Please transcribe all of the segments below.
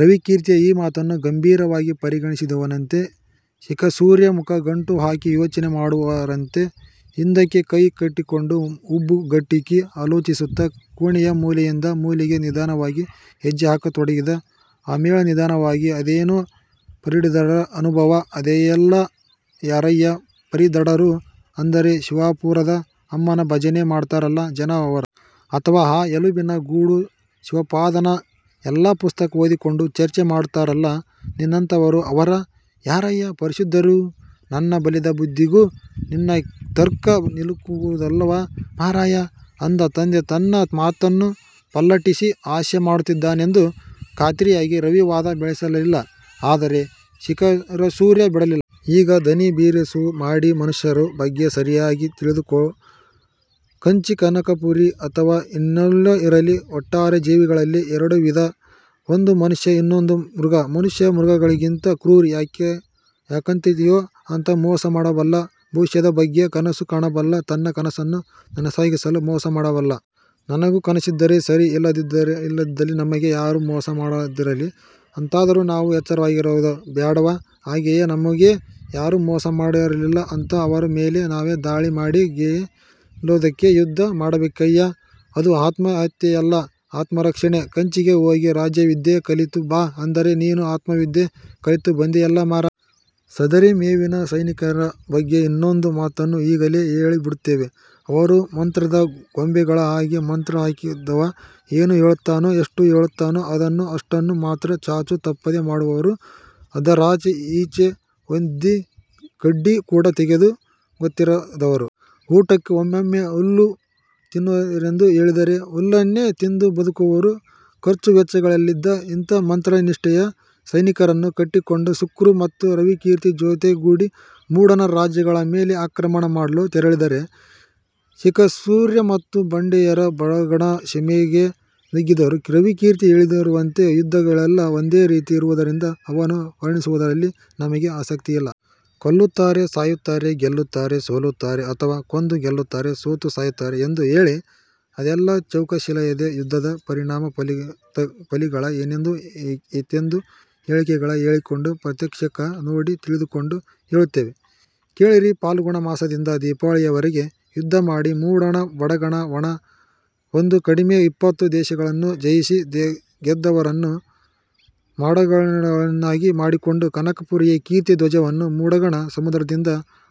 ರವಿಕೀರ್ತಿಯ ಈ ಮಾತನ್ನ ಗಂಭೀರವಾಗಿ ಪರಿಗಣಿಸಿದವನಂತೆ ಶಿಖರಸೂರ್ಯ ಮುಖ ಗಂಟು ಹಾಕಿ ಯೋಚನೆ ಮಾಡುವವರಂತೆ ಹಿಂದಕ್ಕೆ ಕೈ ಕಟ್ಟಿಕೊಂಡು, ಹುಬ್ಬುಗಂಟಿಕ್ಕಿ ಆಲೋಚಿಸುತ್ತ, ಕೋಣೆಯ ಮೂಲೆಯಿಂದ ಮೂಲೆಗೆ ನಿಧಾನವಾಗಿ ಹೆಜ್ಜೆಹಾಕತೊಡಗಿದ. ಆಮೇಳೆ ನಿಧಾನವಾಗಿ "ಅದೇನೋ ಪರಿಧಡ್ಡರ ಅನುಭವ ಅಂದೆಯಲ್ಲ? ಯಾರಯ್ಯ ಪರಿಧಡ್ಡರು ಅಂದರೆ? ಶಿವಾಪುರದ ಅಮ್ಮನ ಭಜನೆ ಮಾಡ್ತಾರಲ್ಲ ಜನ, ಅವರ? ಅಥವಾ ಆ ಎಲುಬಿನ ಗೂಡು ಶಿವಪಾದನ? ಇಲ್ಲಾ ಪುಸ್ತಕ ಓದಿಕೊಂಡು ಚರ್ಚೆ ಮಾಡ್ತಾರಲ್ಲ ನಿನ್ನಂಥವರು, ಅವರ? ಯಾರಯ್ಯಾ ಪರಿಶುದ್ಧರು? ನನ್ನ ಬಲಿತ ಬುದ್ಧೆಗೂ ನಿನ್ನ ತರ್ಕ ನಿಲುಕುವುದಿಲ್ಲವಲ್ಲ ಮಾರಾಯಾ". ಅಂದ. ತಂದೆ ತನ್ನ ಮಾತನ್ನ ಪಲ್ಲಟಿಸಿ ಹಾಸ್ಯ ಮಾಡುತ್ತಿದ್ದಾನೆಂದು ಖಾತ್ರಿಯಾಗಿ ರವಿ ವಾದ ಬೆಳೆಸಲಿಲ್ಲ. ಆದರೆ ಶಿಖರಸೂರ್ಯ ಬಿಡಲಿಲ್ಲ. ಈಗ ದನಿ ಬಿರುಸು ಮಾಡಿ, "ಮನುಷ್ಯರ ಬಗ್ಗೆ ಸರಿಯಾಗಿ ತಿಳಿದುಕೊ. ಕಂಚಿ ಕನಕಪುರಿ ಅಥವಾ ಇನ್ನೆಲ್ಲೋ ಇರಲಿ ಒಟ್ಟಾರೆ ಜೀವಿಗಳಲ್ಲಿ ಎರಡು ವಿಧ: ಒಂದು ಮನುಷ್ಯ, ಇನ್ನೊಂದು ಮೃಗ. ಮನುಷ್ಯ ಮೃಗಗಳಿಗಿಂಗ ಕ್ರೂರಿ. ಯಾಕಂತೀಯೊ? ಆತ ಮೋಸ ಮಾಡಬಲ್ಲ; ಭವಿಷ್ಯದ ಬಗ್ಗೆ ಕನಸು ಕಾಣಬಲ್ಲ. ತನ್ನ ಕನಸನ್ನ ನನಸಾಗಿಸಲು ಮೋಸ ಮಾಡಬಲ್ಲ. ನನಗೂ ಕನಸಿದ್ದರೆ ಸರಿ. ಇಲ್ಲದಿದ್ದಲ್ಲಿ ನಮಗೆ ಯಾರೂ ಮೋಸ ಮಾಡದಿರಲಿ ಅಂತಾದರೂ ನಾವು ಎಚ್ಚರವಾಗಿರೋದು ಬ್ಯಾಡವಾ? ಹಾಗೆಯೇ ನಮಗೆ ಯಾರೂ ಮೋಸ ಮಾಡದಿರಲಿ ಅಂತ ಅವರ ಮೇಲೆ ನಾವೇ ದಾಳಿ ಮಾಡಿ ಗೆಲ್ಲೋದಕ್ಕೆ ಯುದ್ಧ ಮಾಡಬೇಕಯ್ಯಾ. ಅದು ಆತ್ಮಹತ್ಯೆಯಲ್ಲ, ಆತ್ಮರಕ್ಷಣೆ. ಕಂಚಿಗೆ ಹೋಗಿ ರಾಜವಿದ್ಯೆ ಕಲಿತು ಬಾ ಅಂದರೆ ನೀನು ಆತ್ಮವಿದ್ಯೆ ಕಲಿತು ಬಂದೆಯಲ್ಲಾ ಮಾರಾಯಾ! " ಸದರಿ ಮೇವಿನ ಸೈನಿಕರ ಬಗ್ಗೆ ಇನ್ನೊಂದು ಮಾತನ್ನು ಈಗಲೇ ಹೇಳಿ ಬಿಡುತ್ತೇವೆ: ಅವರು ಮಂತ್ರದ ಗೊಂಬೆಗಳ ಹಾಗೆ. ಮಂತ್ರ ಹಾಕಿದವ ಏನು ಹೇಳುತ್ತಾನೋ, ಎಷ್ಟು ಹೇಳುತ್ತಾನೋ ಅದನ್ನು, ಅಷ್ಟನ್ನು ಮಾತ್ರ ಚಾಚೂ ತಪ್ಪದೆ ಮಾಡುವವರು. ಅದರಾಚಿ ಈಚೆ ಒಂದಿ ಕಡ್ಡಿ ಕೂಡ ತೆಗೆದು ಗೊತ್ತಿರದವರು. ಊಟಕ್ಕೆ ಒಮ್ಮೊಮ್ಮೆ ಹುಲ್ಲು ತಿನ್ನಿರೆಂದು ಹೇಳಿದರೆ ಹುಲ್ಲನ್ನೇ ತಿಂದು ಬದುಕುವವರು. ಖರ್ಚು ವೆಚ್ಚಗಳಿಲ್ಲದ ಇಂಥ ಮಂತ್ರನಿಷ್ಠೆಯ ಸೈನಿಕರನ್ನು ಕಟ್ಟಿಕೊಂಡು ಸುಕ್ರ ಮತ್ತು ರವಿಕೀರ್ತಿ ಜೊತೆಗೂಡಿ ಮೂಡನ ರಾಜ್ಯಗಳ ಮೇಲೆ ಆಕ್ರಮಣ ಮಾಡಲು ತೆರಳಿದರೆ ಶಿಖರಸೂರ್ಯ ಮತ್ತು ಬಂಡೆಯರು ಬಡಗಣ ಸೀಮೆಗೆ ನುಗ್ಗಿದರು. ರವಿಕೀರ್ತಿ ಹೇಳಿರುವಂತೆ ಯುದ್ಧಗಳೆಲ್ಲಾ ಒಂದೇ ರೀತಿ ಇರುವುದರಿಂದ ಅವನ್ನು ವರ್ಣಿಸುವುದರಲ್ಲಿ ನಮಗೆ ಆಸಕ್ತಿಯಿಲ್ಲ. ಕೊಲ್ಲುತ್ತಾರೆ, ಸಾಯುತ್ತಾರೆ, ಗೆಲ್ಲುತ್ತಾರೆ. ಸೋಲುತ್ತಾರೆ. ಅಥವಾ ಕೊಂದು ಗೆಲ್ಲುತ್ತಾರೆ, ಸೋತು ಸಾಯುತ್ತಾರೆ, ಎಂದು ಹೇಳಿ ಅದೆಲ್ಲಾ ಚೌಕಾಶಿಯಿಲ್ಲದೆ ಯುದ್ಧದ ಪರಿಣಾಮ ಫಲಿಗಳು ಏನೆಂದು, ಎಂತೆಂದು ಹೇಳಿಕೆಗಳ ಕೇಳಿಕೊಂಡು, ಪ್ರತ್ಯಕ್ಷಕ ನೋಡಿ ತಿಳಿದುಕೊಂಡು ಹೇಳುತ್ತೇವೆ, ಕೇಳಿರಿ:ಫಾಲ್ಗುಣ ಮಾಸದಿಂದ ದೀಪಾವಳಿಯವರೆಗೆ ಯುದ್ಧಮಾಡಿ ಮೂಡಣ ಬಡಗಣದ ಒಟ್ಟು ಒಂದು ಕಡಿಮೆ ಇಪ್ಪತ್ತು ದೇಶಗಳನ್ನೂ ಜಯಿಸಿ, ಗೆದ್ದವರನ್ನ ಮಾಂಡಳಿಕರನ್ನಾಗಿ ಮಾಡಿಕೊಂಡು, ಕನಕಪುರಿಯ ಕೀರ್ತಿ ಧ್ವಜವನ್ನು ಮೂಡಣ ಸಮುದ್ರದಿಂದ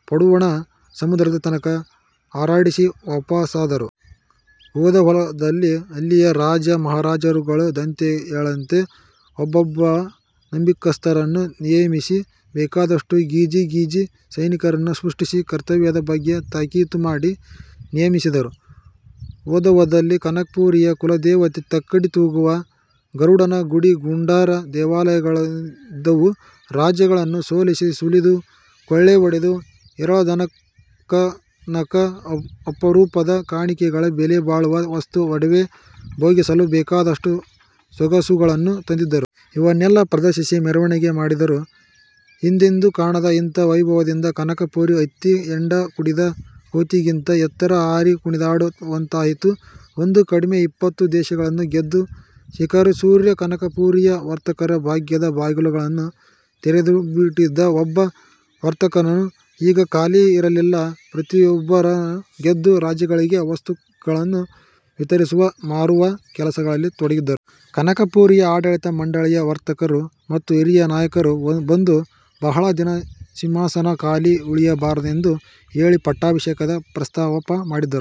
ಪಡುವಣ ಸಮುದ್ರದ ತನಕ ಹಾರಾಡಿಸಿ ವಾಪಸಾದರು. ಹೋದಹೋದಲ್ಲಿ ಅಲ್ಲಿಯ ರಾಜ ಮಹಾರಾಜರುಗಳು ದಂತೆಯೇಳದಂತೆ ಒಬ್ಬೊಬ್ಬ ನಂಬಿಕಸ್ಥರನ್ನ ನಿಯಮಿಸಿ ಬೇಕಾದಷ್ಟು ಗಿಜಿ ಗಿಜಿ ಸೈನಿಕರನ್ನು ಸೃಷ್ಟಿಸಿ, ಕರ್ತವ್ಯದ ಬಗ್ಗೆ ತಾಕೀತು ಮಾಡಿ ನಿಯಮಿಸಿದರು. ಹೋದಹೋದಲ್ಲಿ ಕನಕಪುರಿಯ ಕುಲದೇವತೆ ತಕ್ಕಡಿ ತೂಗುವ ಗರುಡನ ಗುಡಿ ಗುಂಡಾರ ದೇವಾಲಯಗಳೆದ್ದವು. ರಾಜ್ಯಗಳನ್ನು ಸೋಲಿಸಿ, ಸುಲಿದು, ಕೊಳ್ಳೆ ಹೊಡೆದು, ಹೇರಳ ಧನಕನಕ, ಅಪರೂಪದ ಕಾಣಿಕೆಗಳು ಬೆಲೆಬಾಳುವ ವಸ್ತು ಒಡವೆ, ಭೋಗಿಸಲು ಬೇಕಾದಷ್ಟು ಸೊಗಸುಗಳನ್ನು ತಂದಿದ್ದರು. ಅವನ್ನೆಲ್ಲ ಪ್ರದರ್ಶಿಸಿ ಮೆರವಣಿಗೆ ಮಾಡಿದರು. ಹಿಂದೆಂದೂ ಕಾಣದ ಇಂಥ ವೈಭವದಿಂದ ಕನಕಪುರಿ ಹತ್ತಿ ಹೆಂಡ ಕುಡಿದ ಕೋತಿಗಿಂತ ಎತ್ತರ ಹಾರಿ ಕುಣಿದಾಡವಂತಾಯಿತು. ಒಂದು ಕಡಿಮೆ ಇಪ್ಪತ್ತು ದೇಶಗಳನ್ನು ಗೆದ್ದು ಶಿಖರಸೂರ್ಯ ಕನಕಪುರಿಯ ವರ್ತಕರ ಭಾಗ್ಯದ ಬಾಗಿಲುಗಳನ್ನು ತೆರೆದುಬಿಟ್ಟಿದ್ದ. ಒಬ್ಬ ವರ್ತಕನೂ ಈಗ ಖಾಲಿ ಇರಲಿಲ್ಲ. ಪ್ರತಿಯೊಬ್ಬರೂ ಗೆದ್ದ ರಾಜ್ಯಗಳಿಗೆ ವಸ್ತುಗಳನ್ನು ವಿತರಿಸುವ, ಮಾರುವ ಕೆಲಸದಲ್ಲಿ ತೊಡಗಿದ್ದರು. ಕನಕಪುರಿಯ ಆಡಳಿತ ಮಂಡಳಿಯ ವರ್ತಕರು ಮತ್ತು ಹಿರಿಯ ನಾಯಕರು ಬಂದು ಬಹಳ ದಿನ ಸಿಂಹಾಸನ ಖಾಲಿ ಉಳಿಯಬಾರದೆಂದು ಹೇಳಿ ಪಟ್ಟಾಭಿಷೇಕದ ಪ್ರಸ್ತಾಪ ಮಾಡಿದರು.